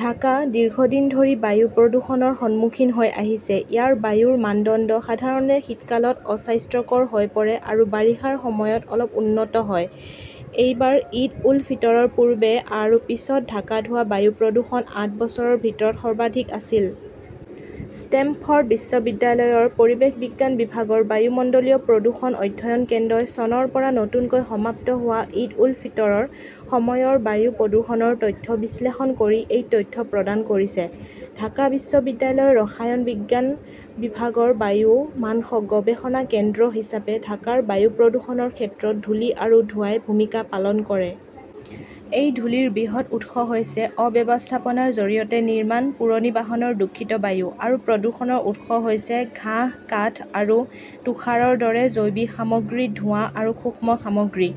ঢাকা দীৰ্ঘদিন ধৰি বায়ু প্ৰদূষণৰ সন্মুখীন হৈ আহিছে। ইয়াৰ বায়ুৰ মানদণ্ড সাধাৰণতে শীতকালত অস্বাস্থ্যকৰ হৈ পৰে আৰু বাৰিষাৰ সময়ত অলপ উন্নত হয়। এইবাৰ ঈদ-উল-ফিতৰৰ পূৰ্বে আৰু পিছত ঢাকাত হোৱা বায়ু প্ৰদূষণ আঠ বছৰৰ ভিতৰত সৰ্বাধিক আছিল। ষ্টেমফৰ্ড বিশ্ববিদ্যালয়ৰ পৰিৱেশ বিজ্ঞান বিভাগৰ বায়ুমণ্ডলীয় প্ৰদূষণ অধ্যয়ন কেন্দ্ৰই চনৰ পৰা নতুনকৈ সমাপ্ত হোৱা ঈদ-উল-ফিতৰৰ সময়ৰ বায়ু প্ৰদূষণৰ তথ্য বিশ্লেষণ কৰি এই তথ্য প্ৰদান কৰিছে। ঢাকা বিশ্ববিদ্যালয়ৰ ৰসায়ন বিজ্ঞান বিভাগৰ বায়ু মান গৱেষণা কেন্দ্ৰ হিচাপে ঢাকাৰ বায়ু প্ৰদূষণৰ ক্ষেত্ৰত ধূলি আৰু ধোঁৱাই ভূমিকা পালন কৰে। এই ধূলিৰ বৃহৎ উৎস হৈছে অব্যৱস্থাপনাৰ জৰিয়তে নিৰ্মাণ, পুৰণি বাহনৰ দূষিত বায়ু। আৰু প্ৰদূষণৰ উৎস হৈছে ঘাঁহ, কাঠ আৰু তুষাৰৰ দৰে জৈৱিক সামগ্ৰীৰ ধোঁৱা আৰু সূক্ষ্ম সামগ্ৰী।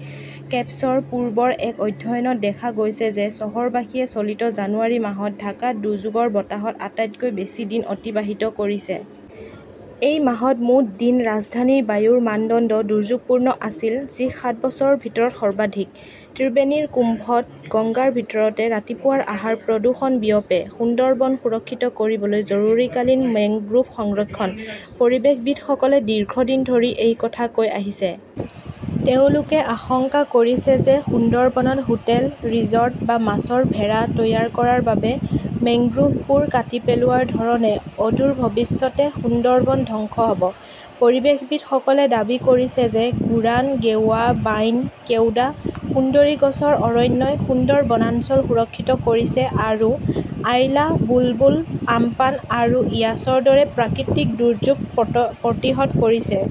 কেপছৰ পূৰ্বৰ এক অধ্যয়নত দেখা গৈছে যে চহৰবাসীয়ে চলিত জানুৱাৰী মাহত ঢাকাত দুৰ্যোগৰ বতাহত আটাইতকৈ বেছি দিন অতিবাহিত কৰিছে। এই মাহত মুঠ দিন ৰাজধানীৰ বায়ুৰ মানদণ্ড দুৰ্যোগপূৰ্ণ আছিল, যি সাত বছৰৰ ভিতৰত সৰ্বাধিক। ত্ৰিবেণীৰ 'কুম্ভ "ত গংগাৰ ভিতৰতে ৰাতিপুৱাৰ আহাৰ, প্ৰদূষণ বিয়পে সুন্দৰবন সুৰক্ষিত কৰিবলৈ জৰুৰীকালীন মেংগ্ৰোভ সংৰক্ষণ। পৰিৱেশবিদসকলে দীৰ্ঘদিন ধৰি এই কথা কৈ আহিছে। তেওঁলোকে আশংকা কৰিছে যে সুন্দৰবনত হোটেল, ৰিজৰ্ট বা মাছৰ ভেড়া তৈয়াৰ কৰাৰ বাবে মেংগ্ৰোভবোৰ কাটি পেলোৱাৰ ধৰণে অদূৰ ভৱিষ্যতে সুন্দৰবন ধ্বংস হ 'ব। পৰিৱেশবিদসকলে দাবী কৰিছে যে গোৰান, গেৱা, বাইণ, কেওডা, সুন্দৰী গছৰ অৰণ্যই সুন্দৰ বনাঞ্চল সুৰক্ষিত কৰিছে আৰু আইলা, বুলবুল, আমপান আৰু ইয়াছৰ দৰে প্ৰাকৃতিক দুৰ্যোগ প্ৰতিহত কৰিছে।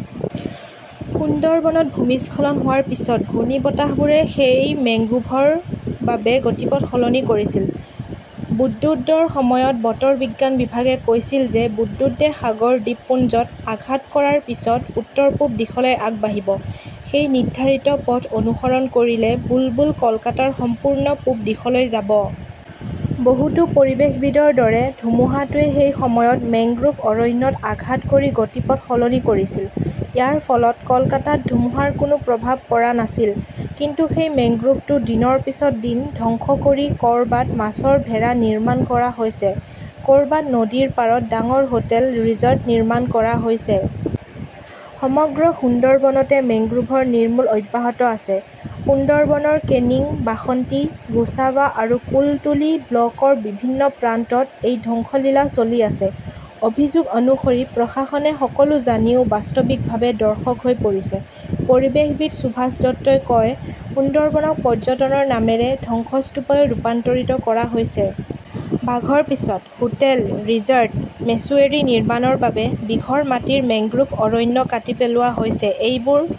সুন্দৰবনত ভূমিস্খলন হোৱাৰ পিছত ঘূৰ্ণীবতাহবোৰে এই মেংগ্ৰোভৰ বাবে গতিপথ সলনি কৰিছিল। বুদ্বুদৰ সময়ত বতৰ বিজ্ঞান বিভাগে কৈছিল যে বুদ্বুদে সাগৰ দ্বীপপুঞ্জত আঘাত কৰাৰ পিছত উত্তৰ-পূব দিশলৈ আগবাঢ়িব। সেই নিৰ্ধাৰিত পথ অনুসৰণ কৰিলে বুলবুল কলকাতাৰ সম্পূৰ্ণ পূব দিশলৈ যাব। বহুতো পৰিৱেশবিদৰ দৰে, ধুমুহাটোৱে সেই সময়ত মেংগ্ৰোভ অৰণ্যত আঘাত কৰি গতিপথ সলনি কৰিছিল। ইয়াৰ ফলত কলকাতাত ধুমুহাৰ কোনো প্ৰভাৱ পৰা নাছিল। কিন্তু সেই মেংগ্ৰোভটো দিনৰ পিছত দিন ধ্বংস কৰি ক "ৰবাত মাছৰ ভেড়া নিৰ্মাণ কৰা হৈছে, ক" ৰবাত নদীৰ পাৰত ডাঙৰ হোটেল, ৰিজৰ্ট নিৰ্মাণ কৰা হৈছে। সমগ্ৰ সুন্দৰবনতে মেংগ্ৰোভৰ নিৰ্মূল অব্যাহত আছে। সুন্দৰবনৰ কেনিং, বাসন্তী, গোসাবা আৰু কুলতলি ব্লকৰ বিভিন্ন প্ৰান্তত এই ধ্বংসলীলা চলি আছে। অভিযোগ অনুসৰি প্ৰশাসনে সকলো জানিও বাস্তৱিকভাৱে দৰ্শক হৈ পৰিছে। পৰিৱেশবিদ সুভাষ দত্তই কয়, "সুন্দৰবনক পৰ্যটনৰ নামেৰে ধ্বংসস্তূপলৈ ৰূপান্তৰিত কৰা হৈছে। বিঘৰ পিছত, হোটেল, ৰিজৰ্ট, মেছোৱেৰী নিৰ্মাণৰ বাবে বিঘৰ মাটিৰ মেংগ্ৰোভ অৰণ্য কাটি পেলোৱা হৈছে। এইবোৰ